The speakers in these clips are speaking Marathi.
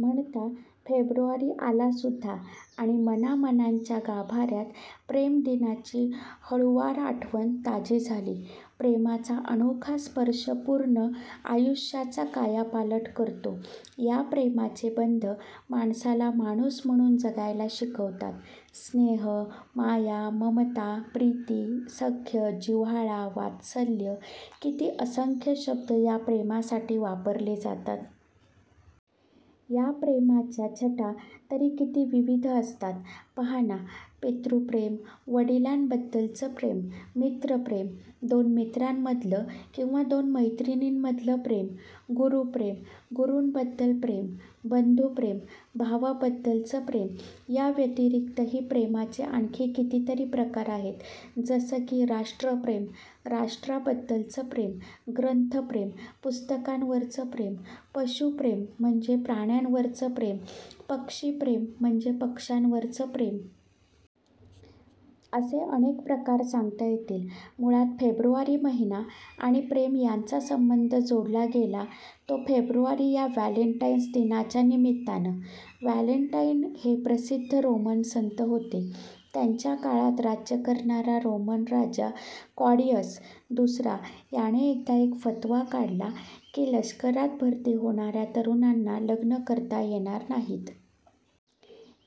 म्हणता, फेब्रुवारी आलासुध्दा आणि मनामनांच्या गाभाऱ्यात प्रेमदिनाची हळूवार आठवण ताजी झाली. प्रेमाचा अनोखा स्पर्श पूर्ण आयुष्याचा कायापालट करतो. या प्रेमाचे बंध माणसाला माणूस म्हणून जगायला शिकवतात. स्नेह, माया, ममता, प्रीती, सख्य, जिव्हाळा, वात्सल्य, किती असंख्य शब्द या प्रेमासाठी वापरले जातात. या प्रेमाच्या छटा तरी किती विविध असतात, पहाना! पितृप्रेम – वडिलांबद्दलचं प्रेम, मित्रप्रेम – दोन मित्रांमधलं किंवा दोन मैत्रिणींमधलं प्रेम, गुरूप्रेम – गुरूंबद्दलचं प्रेम, बंधुप्रेम – भावाबद्दलचं प्रेम, याव्यतिरिक्तही प्रेमाचे आणखी कितीतरी प्रकार आहेत, जसं की राष्ट्रप्रेम – राष्ट्राबद्दलचं प्रेम, ग्रंथप्रेम – पुस्तकांवरचं प्रेम, पशुप्रेम म्हणजे प्राण्यांवरचं प्रेम, पक्षीप्रेम म्हणजे पक्षांवरचं प्रेम. असे अनेक प्रकार सांगता येतील. मुळात फेब्रुवारी महिना आणि प्रेम यांचा संबंध जोडला गेला तो फेब्रुवारी या व्हॅलेन्टाइन्स दिनाच्या निमित्तान. व्हॅलेन्टाइन हे प्रसिध्द रोमन संत होते. त्यांच्या काळात राज्य करणारा रोमन राजा ''क्लॉडिअस दुसरा'' याने एकदा एक फतवा काढला की लष्करात भरती होणाऱ्या तरुणांना लग्न करता येणार नाहीत.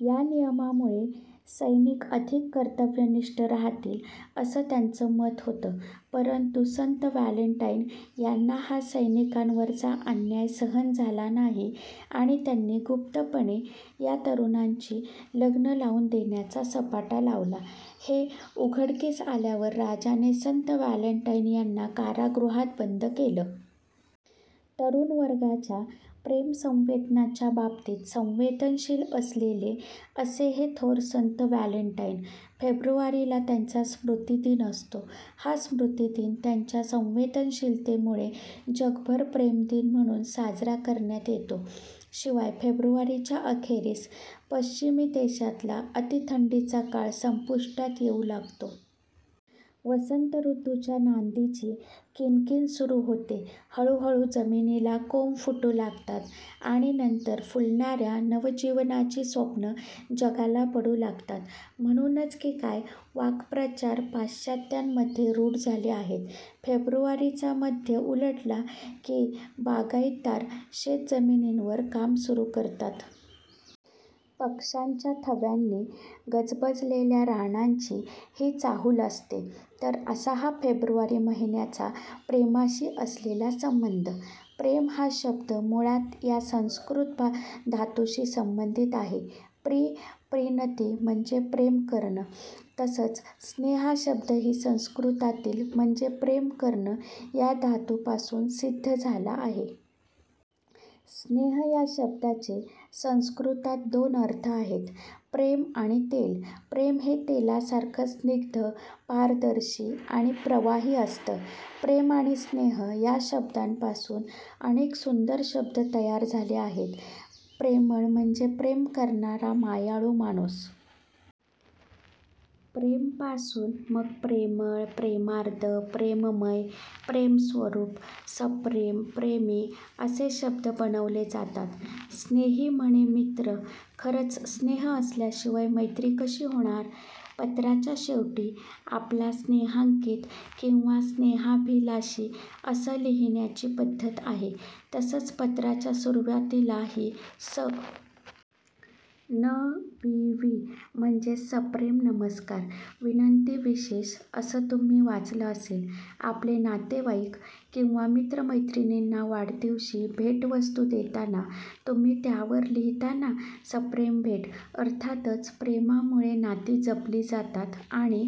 या नियमामुळे सैनिक अधिक कर्तव्यनिष्ठ राहतील, असं त्याचं मत होतं. परंतु संत व्हॅलेन्टाइन यांना हा सैनिकांवरचा अन्याय सहन झाला नाही आणि त्यांनी गुप्तपणे या तरुणांची लग्न लावून देण्याचा सपाटा लावला. हे उघडकीस आल्यावर राजाने संत व्हॅलेन्टाइन यांना कारागृहात बंद केलं. तरुणवर्गाच्या प्रेमसंवेदनांच्या बाबतीत संवेदनशील असलेले असे हे थोर संत – व्हॅलेन्टाइन. फेब्रुवारीला त्यांचा स्मृतिदिन असतो. हा स्मृतिदिन त्यांच्या संवेदनशीलतेमुळे जगभर प्रेमदिन म्हणून साजरा करण्यात येतो. शिवाय फेब्रुवारीच्या अखेरीस पश्चिमी देशातला अतिथंडीचा काळ संपुष्टात येऊ लागतो. वसंत ऋतूच्या नांदीची कीणकीण सुरू होते. हळुहळू जमिनीला कोंभ फुटू लागतात आणि नंतर फुलणाऱ्या नवजीवनाची स्वप्नं जगाला पडू लागतात. म्हणूनच की काय, ' वाक्प्रचार पाश्चात्यांमध्ये रुढ झाले आहेत. फेब्रुवारीचा मध्य उलटला की बागाईतदार शेतजमिनींवर कामं सुरू करतात. पक्षांच्या थव्यांनी गजबजलेल्या रानांची ही चाहूल असते. तर असा हा फेब्रुवारी महिन्याचा प्रेमाशी असलेला संबंध. प्रेम हा शब्द मुळात या संस्कृत धातूशी संबंधित आहे. प्री – प्रीणति म्हणजे प्रेम करणं. तसंच स्नेह हा शब्दही संस्कृतातील म्हणजे प्रेम करणं या धातूपासून सिध्द झाला आहे. स्नेह या शब्दाचे संस्कृतात दोन अर्थ आहेत. प्रेम आणि तेल. प्रेम हे तेलासारखं स्निग्ध, पारदर्शी आणि प्रवाही असतं. प्रेम आणि स्नेह या शब्दांपासून अनेक सुंदर शब्द तयार झाले आहेत. प्रेमळ म्हणजे प्रेम करणारा मायाळू माणूस. प्रेमपासून मग प्रेमळ, प्रेमार्द्र, प्रेममय, प्रेमस्वरुप, सप्रेम, प्रेमी असे शब्द बनवले जातात. स्नेही म्हणे मित्र. खरंच स्नेह असल्याशिवाय मैत्री कशी होणार? पत्राच्या शेवटी आपला स्नेहांकित किंवा स्नेहाभिलाषि असं लिहिण्याची पध्दत आहे. तसंच पत्राच्या सुरुवातीलाही स. न. वि. वि. म्हणजेच सप्रेम नमस्कार विनंती विशेष असं तुम्ही वाचलं असेल. आपले नातेवाईक किंवा मित्र-मैत्रिणींना वाढदिवशी भेटवस्तू देताना तुम्ही त्यावर लिहिता ना, सप्रेम भेट! अर्थातच प्रेमामुळे नाती जपली जातात आणि